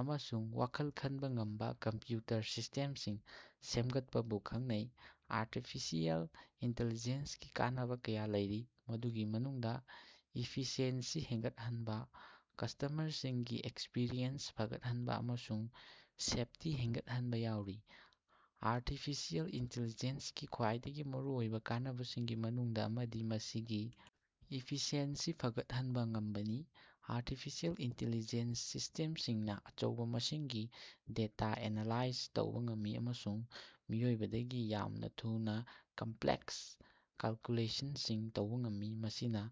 ꯑꯃꯁꯨꯡ ꯋꯥꯈꯜ ꯈꯟꯕ ꯉꯝꯕ ꯀꯝꯄ꯭ꯌꯨꯇꯔ ꯁꯤꯁꯇꯦꯝꯁꯤꯡ ꯁꯦꯝꯒꯠꯄꯕꯨ ꯈꯪꯅꯩ꯫ ꯑꯥꯔꯇꯤꯐꯤꯁꯤꯑꯦꯜ ꯏꯟꯇꯦꯂꯤꯖꯦꯟꯁꯀꯤ ꯀꯥꯟꯅꯕ ꯀꯌꯥ ꯂꯩꯔꯤ꯫ ꯃꯗꯨꯒꯤ ꯃꯅꯨꯡꯗ ꯏꯐꯤꯁꯤꯑꯦꯟꯁꯤ ꯍꯦꯟꯒꯠꯍꯟꯕ, ꯀꯁꯇꯃꯔꯁꯤꯡꯒꯤ ꯑꯦꯛꯁꯄꯤꯔꯤꯌꯦꯟꯁ ꯐꯒꯠꯍꯟꯕ, ꯑꯃꯁꯨꯡ ꯁꯦꯐꯇꯤ ꯍꯦꯟꯒꯠꯍꯟꯕ ꯌꯥꯎꯔꯤ꯫ ꯑꯥꯔꯇꯤꯐꯤꯁꯤꯌꯦꯜ ꯏꯟꯇꯦꯂꯤꯖꯦꯟꯁ ꯀꯤ ꯈ꯭ꯋꯥꯏꯗꯒꯤ ꯃꯔꯨꯑꯣꯏꯕ ꯀꯥꯟꯅꯕꯁꯤꯡꯒꯤ ꯃꯅꯨꯡꯗ ꯑꯃꯗꯤ ꯃꯁꯤꯒꯤ ꯏꯐꯤꯁꯤꯑꯦꯟꯁꯤ ꯐꯒꯠꯍꯟꯕ ꯉꯝꯕꯅꯤ꯫ ꯑꯥꯔꯇꯤꯐꯤꯁꯤꯌꯦꯜ ꯏꯟꯇꯦꯂꯤꯖꯦꯟꯁ ꯁꯤꯁꯇꯦꯝꯁꯤꯡꯅ ꯑꯆꯧꯕ ꯃꯁꯤꯡꯒꯤ ꯗꯦꯇꯥ ꯑꯦꯅꯂꯥꯏꯖ ꯇꯧꯕ ꯉꯝꯃꯤ ꯑꯃꯁꯨꯡ ꯃꯤꯑꯣꯏꯕꯗꯒꯤ ꯌꯥꯝꯅ ꯊꯨꯅ ꯀꯝꯄ꯭ꯂꯦꯛꯁ ꯀꯦꯜꯀꯨꯂꯦꯁꯟꯁꯤꯡ ꯇꯧꯕ ꯉꯝꯃꯤ꯫ ꯃꯁꯤꯅ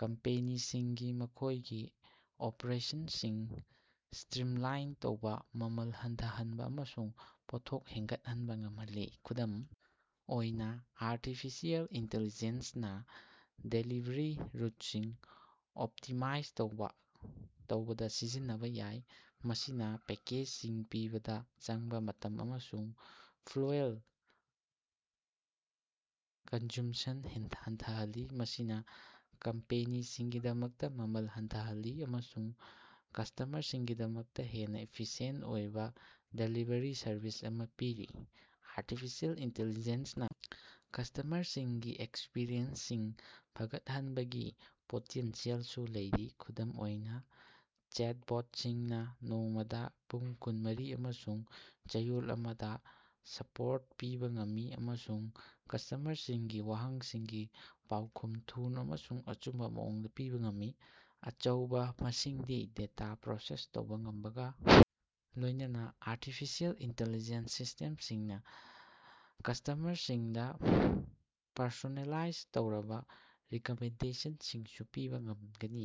ꯀꯝꯄꯦꯅꯤꯁꯤꯡꯅ ꯃꯈꯣꯏꯒꯤ ꯑꯣꯄꯔꯦꯁꯟꯁꯤꯡ ꯁ꯭ꯇꯔꯤꯝꯂꯥꯏꯟ ꯇꯧꯕ, ꯃꯃꯜ ꯍꯟꯊꯍꯟꯕ ꯑꯃꯁꯨꯡ ꯄꯣꯠꯊꯣꯛ ꯍꯦꯟꯒꯠꯍꯟꯕ ꯉꯝꯍꯜꯂꯤ꯫ ꯈꯨꯗꯝ ꯑꯣꯏꯅ, ꯑꯥꯔꯇꯤꯐꯤꯁꯤꯌꯦꯜ ꯏꯟꯇꯦꯂꯤꯖꯦꯟꯁꯅ ꯗꯦꯂꯤꯚꯔꯤ ꯔꯨꯠꯁꯤꯡ ꯑꯣꯞꯇꯤꯃꯥꯏꯖ ꯇꯧꯕ ꯇꯧꯕꯗ ꯁꯤꯖꯤꯟꯅꯕ ꯌꯥꯏ꯫ ꯃꯁꯤꯅ ꯄꯦꯀꯦꯖꯁꯤꯡ ꯄꯤꯕꯗ ꯆꯪꯕ ꯃꯇꯝ ꯑꯃꯁꯨꯡ ꯐ꯭ꯌꯨꯑꯦꯜ ꯀꯟꯖ꯭ꯌꯨꯝꯁꯟ ꯍꯟꯊꯍꯜꯂꯤ꯫ ꯃꯁꯤꯅ ꯀꯝꯄꯦꯅꯤꯁꯤꯡꯒꯤꯗꯃꯛꯇ ꯃꯃꯜ ꯍꯟꯊꯍꯜꯂꯤ ꯑꯃꯁꯨꯡ ꯀꯁꯇꯃꯔꯁꯤꯡꯒꯤꯗꯃꯛꯇ ꯍꯦꯟꯅ ꯏꯐꯤꯁꯤꯌꯦꯟꯇ ꯑꯣꯏꯕ ꯗꯦꯂꯤꯚꯔꯤ ꯁꯔꯚꯤꯁ ꯑꯃ ꯄꯤꯔꯤ꯫ ꯑꯥꯔꯇꯤꯐꯤꯁꯤꯌꯦꯜ ꯏꯟꯇꯦꯂꯤꯖꯦꯟꯁꯅ ꯀꯁꯇꯃꯔꯁꯤꯡꯒꯤ ꯑꯦꯛꯁꯄꯤꯔꯤꯌꯦꯟꯁꯁꯤꯡ ꯐꯒꯠꯍꯟꯕꯒꯤ ꯄꯣꯇꯦꯟꯁꯤꯌꯦꯜꯁꯨ ꯂꯩꯔꯤ꯫ ꯈꯨꯗꯝ ꯑꯣꯏꯅ, ꯆꯦꯠꯕꯣꯠꯁꯤꯡꯅ ꯅꯣꯡꯃꯗ ꯄꯨꯡ ꯀꯨꯟꯃꯔꯤ ꯑꯃꯥꯁꯨꯡ ꯆꯌꯣꯜ ꯑꯃ ꯁꯄꯣꯔꯠ ꯄꯤꯕ ꯉꯝꯃꯤ ꯑꯃꯁꯨꯡ ꯀꯁꯇꯃꯔꯁꯤꯡꯒꯤ ꯋꯥꯍꯪꯁꯤꯡꯒꯤ ꯄꯥꯎꯈꯨꯝ ꯊꯨꯅ ꯑꯃꯁꯨꯡ ꯑꯆꯨꯝꯕ ꯃꯑꯣꯡꯗ ꯄꯤꯕ ꯉꯝꯃꯤ꯫ ꯑꯆꯧꯕ ꯃꯁꯤꯡꯒꯤ ꯗꯦꯇꯥ ꯄ꯭ꯔꯣꯁꯦꯁ ꯇꯧꯕ ꯉꯝꯕꯒ ꯂꯣꯏꯅꯅ ꯑꯥꯔꯇꯤꯐꯤꯁꯤꯌꯦꯜ ꯏꯟꯇꯦꯂꯤꯖꯦꯟꯁ ꯁꯤꯁꯇꯦꯝꯁꯤꯡꯅ ꯀꯁꯇꯃꯔꯁꯤꯡꯗ ꯄꯔꯁꯣꯅꯦꯜꯂꯥꯏꯖ ꯇꯧꯔꯕ ꯔꯤꯀꯃꯦꯟꯗꯦꯁꯟꯁꯤꯡꯁꯨ ꯄꯤꯕ ꯉꯝꯒꯅꯤ꯫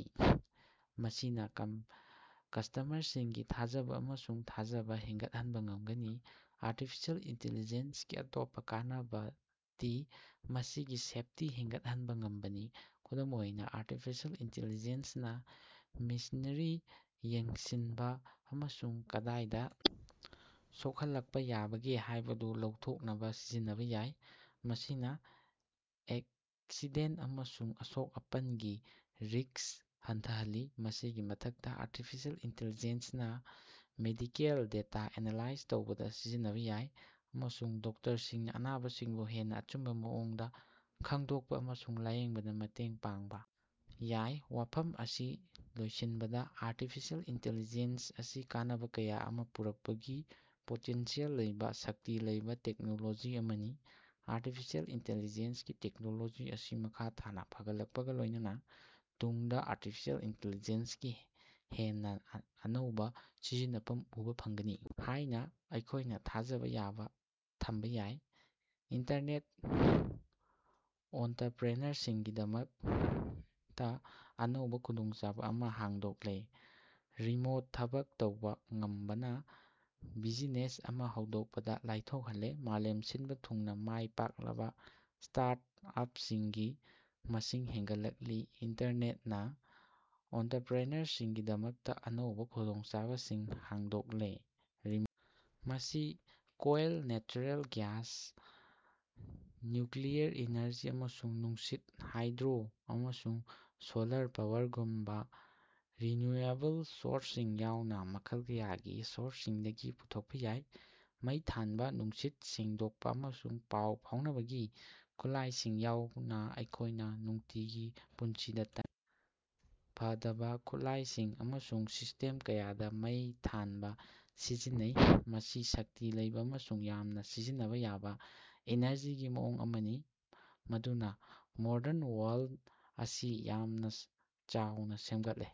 ꯃꯁꯤꯅ ꯀꯠꯀꯁꯇꯃꯔꯁꯤꯡꯒꯤ ꯊꯥꯖꯕ ꯑꯃꯁꯨꯡ ꯊꯥꯖꯕ ꯍꯦꯟꯒꯠꯍꯟꯕ ꯉꯝꯒꯅꯤ꯫ ꯑꯥꯔꯇꯤꯐꯤꯁꯤꯌꯦꯜ ꯏꯟꯇꯦꯂꯤꯖꯦꯟꯁꯀꯤ ꯑꯇꯣꯞꯄ ꯀꯥꯟꯅꯕꯗꯤ ꯃꯁꯤꯒꯤ ꯁꯦꯐꯇꯤ ꯍꯦꯟꯒꯠꯍꯟꯕ ꯉꯝꯕꯅꯤ꯫ ꯈꯨꯗꯝ ꯑꯣꯏꯅ, ꯑꯥꯔꯇꯤꯐꯤꯁꯤꯌꯦꯜ ꯏꯟꯇꯦꯟꯂꯤꯖꯦꯟꯁꯅ ꯃꯤꯁꯤꯅꯔꯤ ꯌꯦꯡꯁꯤꯟꯅꯕ ꯑꯃꯁꯨꯡ ꯀꯗꯥꯏꯗ ꯁꯣꯛꯍꯜꯂꯛꯄ ꯌꯥꯕꯒꯦ ꯍꯥꯏꯕꯗꯨ ꯂꯧꯊꯣꯛꯅꯕ ꯁꯤꯖꯤꯟꯅꯕ ꯌꯥꯏ꯫ ꯃꯁꯤꯅ ꯑꯦꯛꯁꯤꯗꯦꯟꯇ ꯑꯃꯁꯨꯡ ꯑꯁꯣꯛ-ꯑꯄꯟꯒꯤ ꯔꯤꯁ꯭ꯛ ꯍꯟꯊꯍꯜꯂꯤ꯫ ꯃꯁꯤꯒꯤ ꯃꯊꯛꯇ, ꯑꯥꯔꯇꯤꯐꯤꯁꯤꯌꯦꯜ ꯏꯟꯇꯦꯂꯤꯖꯦꯟꯁꯅ ꯃꯦꯗꯤꯀꯜ ꯗꯦꯇꯥ ꯑꯦꯅꯂꯥꯏꯖ ꯇꯧꯕꯗ ꯁꯤꯖꯤꯟꯅꯕ ꯌꯥꯏ ꯑꯃꯁꯨꯡ ꯗꯣꯛꯇꯔꯁꯤꯡꯅ ꯑꯅꯥꯕꯁꯤꯡꯕꯨ ꯍꯦꯟꯅ ꯑꯆꯨꯝꯕ ꯃꯑꯣꯡꯗ ꯈꯪꯗꯣꯛꯄ ꯑꯃꯁꯨꯡ ꯂꯥꯌꯦꯡꯕꯗ ꯃꯇꯦꯡ ꯄꯥꯡꯕ ꯌꯥꯏ꯫ ꯋꯥꯐꯝ ꯑꯁꯤ ꯂꯣꯏꯁꯤꯟꯕꯗ ꯑꯥꯔꯇꯤꯐꯤꯁꯤꯑꯦꯜ ꯏꯟꯇꯦꯂꯤꯖꯦꯟꯁ ꯑꯁꯤ ꯀꯥꯟꯅꯕ ꯀꯌꯥ ꯑꯃ ꯄꯨꯔꯛꯄꯒꯤ ꯄꯣꯇꯦꯟꯁꯤꯌꯦꯜ ꯂꯩꯕ ꯁꯛꯇꯤ ꯂꯩꯕ ꯇꯦꯛꯅꯣꯂꯣꯖꯤ ꯑꯃꯅꯤ꯫ ꯑꯥꯔꯇꯤꯐꯤꯁꯤꯌꯦꯜ ꯏꯟꯇꯦꯂꯤꯖꯦꯟꯁꯀꯤ ꯇꯦꯛꯅꯣꯂꯣꯖꯤ ꯑꯁꯤ ꯃꯈꯥ ꯇꯥꯅ ꯐꯒꯠꯂꯛꯄꯒ ꯂꯣꯏꯅꯅ ꯇꯨꯡꯗ ꯑꯥꯔꯇꯤꯐꯤꯁꯤꯌꯦꯜ ꯏꯟꯇꯦꯂꯤꯖꯦꯟꯁꯀꯤ ꯍꯦꯟꯅ ꯑꯅꯧꯕ ꯁꯤꯖꯤꯟꯅꯐꯝ ꯎꯕ ꯐꯪꯒꯅꯤ ꯍꯥꯏꯅ ꯑꯩꯈꯣꯏꯅ ꯊꯥꯖꯕ ꯊꯝꯕ ꯌꯥꯏ꯫ ꯏꯟꯇꯔꯅꯦꯠ ꯑꯣꯟꯇꯔꯄ꯭ꯔꯦꯅꯔꯁꯤꯡꯒꯤꯗꯃꯛꯇ ꯑꯅꯧꯕ ꯈꯨꯗꯣꯡꯆꯥꯕ ꯑꯃ ꯍꯥꯡꯗꯣꯛꯂꯦ꯫ ꯔꯤꯃꯣꯠ ꯊꯕꯛ ꯇꯧꯕ ꯉꯝꯕꯅ ꯕꯤꯖꯤꯅꯦꯁ ꯑꯃ ꯍꯧꯗꯣꯛꯄꯗ ꯂꯥꯏꯊꯣꯛꯍꯜꯂꯦ꯫ ꯃꯥꯂꯦꯝ ꯁꯤꯟꯕ ꯊꯨꯡꯅ ꯃꯥꯏ ꯄꯥꯛꯂꯕ ꯁ꯭ꯇꯥꯔꯠ-ꯑꯞꯁꯤꯡꯒꯤ ꯃꯁꯤꯡ ꯍꯦꯟꯒꯠꯂꯛꯂꯤ꯫ ꯏꯟꯇꯔꯅꯦꯠꯅ ꯑꯣꯟꯇꯔꯄ꯭ꯔꯦꯅꯔꯁꯤꯡꯒꯤꯗꯃꯛꯇ ꯑꯅꯧꯕ ꯈꯨꯗꯣꯡꯆꯥꯕꯁꯤꯡ ꯍꯥꯡꯗꯣꯛꯂꯦ꯫ ꯔꯤꯃꯣꯠ ꯃꯁꯤ coal, natural gas, nuclear energy ꯑꯃꯁꯨꯡ ꯅꯨꯡꯁꯤꯠ, ꯍꯥꯏꯗ꯭ꯔꯣ, ꯑꯃꯁꯨꯡ ꯁꯣꯂꯔ ꯄꯥꯋꯔꯒꯨꯝꯕ ꯔꯤꯅ꯭ꯌꯨꯑꯦꯕꯜ ꯁꯣꯔꯁꯁꯤꯡ ꯌꯥꯎꯅ ꯃꯈꯜ ꯀꯌꯥꯒꯤ ꯁꯣꯔꯁꯁꯤꯡꯗꯒꯤ ꯄꯨꯊꯣꯛꯄ ꯌꯥꯏ꯫ ꯃꯩ ꯊꯥꯟꯕ, ꯅꯨꯡꯁꯤꯠ ꯁꯦꯡꯗꯣꯛꯄ ꯑꯃꯁꯨꯡ ꯄꯥꯎ ꯐꯥꯎꯅꯕꯒꯤ ꯈꯨꯠꯂꯥꯏꯁꯤꯡ ꯌꯥꯎꯅ ꯑꯩꯈꯣꯏꯒꯤ ꯅꯨꯡꯇꯤꯒꯤ ꯄꯨꯟꯁꯤꯗ ꯇꯉꯥꯏ ꯐꯗꯕ ꯈꯨꯠꯂꯥꯏꯁꯤꯡ ꯑꯃꯁꯨꯡ ꯁꯤꯁꯇꯦꯝ ꯀꯌꯥꯗ ꯃꯩ ꯊꯥꯟꯕ ꯁꯤꯖꯤꯟꯅꯩ꯫ ꯃꯁꯤ ꯁꯛꯇꯤ ꯂꯩꯕ ꯑꯃꯁꯨꯡ ꯌꯥꯝꯅ ꯁꯤꯖꯤꯟꯅꯕ ꯌꯥꯕ ꯏꯅꯔꯖꯤꯒꯤ ꯃꯑꯣꯡ ꯑꯃꯅꯤ ꯃꯗꯨꯅ ꯃꯣꯗꯔꯟ ꯋꯥꯜ ꯑꯁꯤ ꯌꯥꯝꯅ ꯆꯥꯎꯅ ꯁꯦꯝꯒꯠꯂꯦ꯫